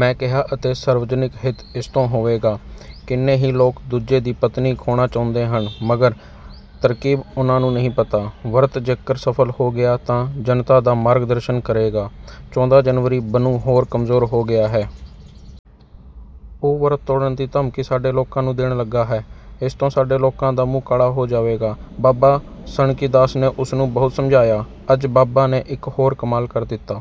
ਮੈਂ ਕਿਹਾ ਅਤੇ ਸਰਵਜਨਿਕ ਹਿੱਤ ਇਸਤੋਂ ਹੋਵੇਗਾ। ਕਿੰਨੇ ਹੀ ਲੋਕ ਦੂਜੇ ਦੀ ਪਤਨੀ ਖੋਹਣਾ ਚਾਹੁੰਦੇ ਹਨ, ਮਗਰ ਤਰਕੀਬ ਉਨ੍ਹਾਂ ਨੂੰ ਨਹੀਂ ਪਤਾ। ਵਰਤ ਜੇਕਰ ਸਫਲ ਹੋ ਗਿਆ, ਤਾਂ ਜਨਤਾ ਦਾ ਮਾਰਗਦਰਸ਼ਨ ਕਰੇਗਾ। ਚੌਦ੍ਹਾਂ ਜਨਵਰੀ ਬੰਨੂ ਹੋਰ ਕਮਜੋਰ ਹੋ ਗਿਆ ਹੈ। ਉਹ ਵਰਤ ਤੋੜਨ ਦੀ ਧਮਕੀ ਸਾਡੇ ਲੋਕਾਂ ਨੂੰ ਦੇਣ ਲਗਾ ਹੈ। ਇਸ ਤੋਂ ਸਾਡੇ ਲੋਕਾਂ ਦਾ ਮੂੰਹ ਕਾਲਾ ਹੋ ਜਾਵੇਗਾ। ਬਾਬਾ ਸਨਕੀਦਾਸ ਨੇ ਉਸਨੂੰ ਬਹੁਤ ਸਮਝਾਇਆ। ਅੱਜ ਬਾਬਾ ਨੇ ਇੱਕ ਹੋਰ ਕਮਾਲ ਕਰ ਦਿੱਤਾ।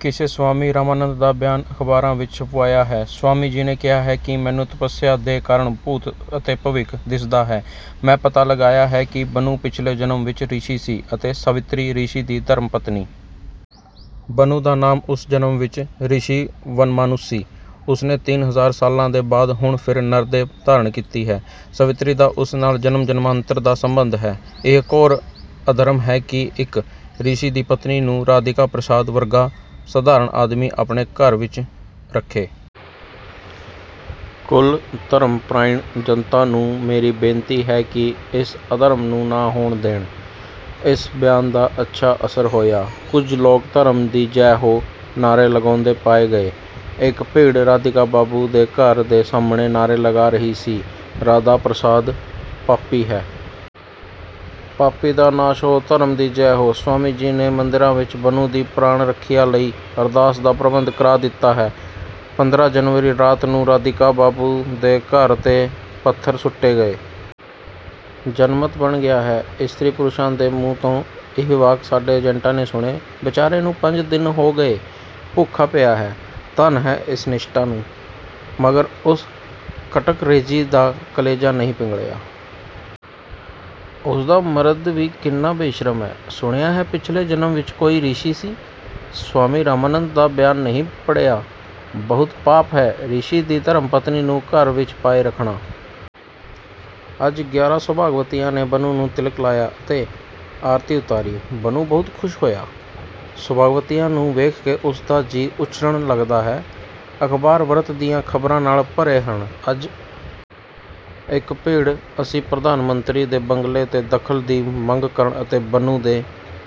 ਕਿਸੇ ਸਵਾਮੀ ਰਾਮਾਨੰਦ ਦਾ ਬਿਆਨ ਅਖ਼ਬਾਰਾਂ ਵਿੱਚ ਛਪਵਾਇਆ ਹੈ। ਸਵਾਮੀ ਜੀ ਨੇ ਕਿਹਾ ਹੈ ਕਿ ਮੈਨੂੰ ਤਪਸਿਆ ਦੇ ਕਾਰਨ ਭੂਤ ਅਤੇ ਭਵਿੱਖ ਦਿਸਦਾ ਹੈ। ਮੈਂ ਪਤਾ ਲਗਾਇਆ ਹੈ ਕਿ ਬੰਨੂ ਪਿਛਲੇ ਜਨਮ ਵਿੱਚ ਰਿਸ਼ੀ ਸੀ ਅਤੇ ਸਾਵਿਤਰੀ ਰਿਸ਼ੀ ਦੀ ਧਰਮਪਤਨੀ। ਬੰਨੂ ਦਾ ਨਾਮ ਉਸ ਜਨਮ ਵਿੱਚ ਰਿਸ਼ੀ ਵਨਮਾਨੁਸ ਸੀ। ਉਸਨੇ ਤਿੰਨ ਹਜਾਰ ਸਾਲਾਂ ਦੇ ਬਾਅਦ ਹੁਣ ਫਿਰ ਨਰਦੇਹ ਧਾਰਨ ਕੀਤੀ ਹੈ। ਸਾਵਿਤਰੀ ਦਾ ਉਸ ਨਾਲ ਜਨਮ-ਜਨਮਾਂਤਰ ਦਾ ਸੰਬੰਧ ਹੈ। ਇਹ ਘੋਰ ਅਧਰਮ ਹੈ ਕਿ ਇੱਕ ਰਿਸ਼ੀ ਦੀ ਪਤਨੀ ਨੂੰ ਰਾਧੀਕਾ ਪ੍ਰਸਾਦ, ਵਰਗਾ ਸਧਾਰਣ ਆਦਮੀ ਆਪਣੇ ਘਰ ਵਿੱਚ ਰੱਖੇ। ਕੁਲ ਧਰਮਪ੍ਰਾਇਣ ਜਨਤਾ ਨੂੰ ਮੇਰੀ ਬੇਨਤੀ ਹੈ ਕਿ ਇਸ ਅਧਰਮ ਨੂੰ ਨਾ ਹੋਣ ਦੇਣ। ਇਸ ਬਿਆਨ ਦਾ ਅੱਛਾ ਅਸਰ ਹੋਇਆ। ਕੁੱਝ ਲੋਕ ਧਰਮ ਦੀ ਜੈ ਹੋ! ਨਾਹਰੇ ਲਗਾਉਂਦੇ ਪਾਏ ਗਏ। ਇੱਕ ਭੀੜ ਰਾਧੀਕਾ ਬਾਬੂ ਦੇ ਘਰ ਦੇ ਸਾਹਮਣੇ ਨਾਹਰੇ ਲਗਾ ਰਹੀ ਸੀ, 'ਰਾਧਾ ਪ੍ਰਸਾਦ ਪਾਪੀ ਹੈ! ਪਾਪੀ ਦਾ ਨਾਸ਼ ਹੋ! ਧਰਮ ਦੀ ਜੈ ਹੋ।' ਸਵਾਮੀ ਜੀ ਨੇ ਮੰਦਿਰਾਂ ਵਿੱਚ ਬੰਨੂ ਦੀ ਪ੍ਰਾਣ-ਰੱਖਿਆ ਲਈ ਅਰਦਾਸ ਦਾ ਪ੍ਰਬੰਧ ਕਰਾ ਦਿੱਤਾ ਹੈ। ਪੰਦਰਾਂ ਜਨਵਰੀ ਰਾਤ ਨੂੰ ਰਾਧੀਕਾ ਬਾਬੂ ਦੇ ਘਰ ਤੇ ਪੱਥਰ ਸੁੱਟੇ ਗਏ। ਜਨਮਤ ਬਣ ਗਿਆ ਹੈ। ਇਸਤਰੀ-ਪੁਰਸ਼ਾਂ ਦੇ ਮੂੰਹ ਤੋਂ ਇਹ ਵਾਕ ਸਾਡੇ ਏਜੇਂਟਾਂ ਨੇ ਸੁਣੇ ।"ਬੇਚਾਰੇ ਨੂੰ ਪੰਜ ਦਿਨ ਹੋ ਗਏ। ਭੁੱਖਾ ਪਿਆ ਹੈ। " "ਧੰਨ ਹੈ ਇਸ ਨਿਸ਼ਠਾ ਨੂੰ। " "ਮਗਰ ਉਸ ਕਠਕਰੇਜੀ ਦਾ ਕਲੇਜਾ ਨਹੀਂ ਪਿਘਲਿਆ। " "ਉਸਦਾ ਮਰਦ ਵੀ ਕਿੰਨਾ ਬੇਸ਼ਰਮ ਹੈ। " "ਸੁਣਿਆ ਹੈ ਪਿਛਲੇ ਜਨਮ ਵਿੱਚ ਕੋਈ ਰਿਸ਼ੀ ਸੀ। " "ਸਵਾਮੀ ਰਾਮਾਨੰਦ ਦਾ ਬਿਆਨ ਨਹੀਂ ਪੜ੍ਹਿਆ! " "ਬਹੁਤ ਪਾਪ ਹੈ ਰਿਸ਼ੀ ਦੀ ਧਰਮਪਤਨੀ ਨੂੰ ਘਰ ਵਿੱਚ ਪਾਏ ਰੱਖਣਾ। " ਅੱਜ ਗਿਆਰਾਂ ਸੌਭਾਗਵਤੀਆਂ ਨੇ ਬੰਨੂ ਨੂੰ ਤਿਲਕ ਲਾਇਆ ਅਤੇ ਆਰਤੀ ਉਤਾਰੀ। ਬੰਨੂ ਬਹੁਤ ਖੁਸ਼ ਹੋਇਆ। ਸੌਭਾਗਵਤੀਆਂ ਨੂੰ ਵੇਖ ਕੇ ਉਸਦਾ ਜੀ ਉਛਲਣ ਲੱਗਦਾ ਹੈ। ਅਖਬਾਰ ਵਰਤ ਦੀਆਂ ਖਬਰਾਂ ਨਾਲ ਭਰੇ ਹਨ। ਅੱਜ ਇੱਕ ਭੀੜ ਅਸੀਂ ਪ੍ਰਧਾਨ ਮੰਤਰੀ ਦੇ ਬੰਗਲੇ ਤੇ ਦਖਲ ਦੀ ਮੰਗ ਕਰਨ ਅਤੇ ਬੰਨੂ ਦੇ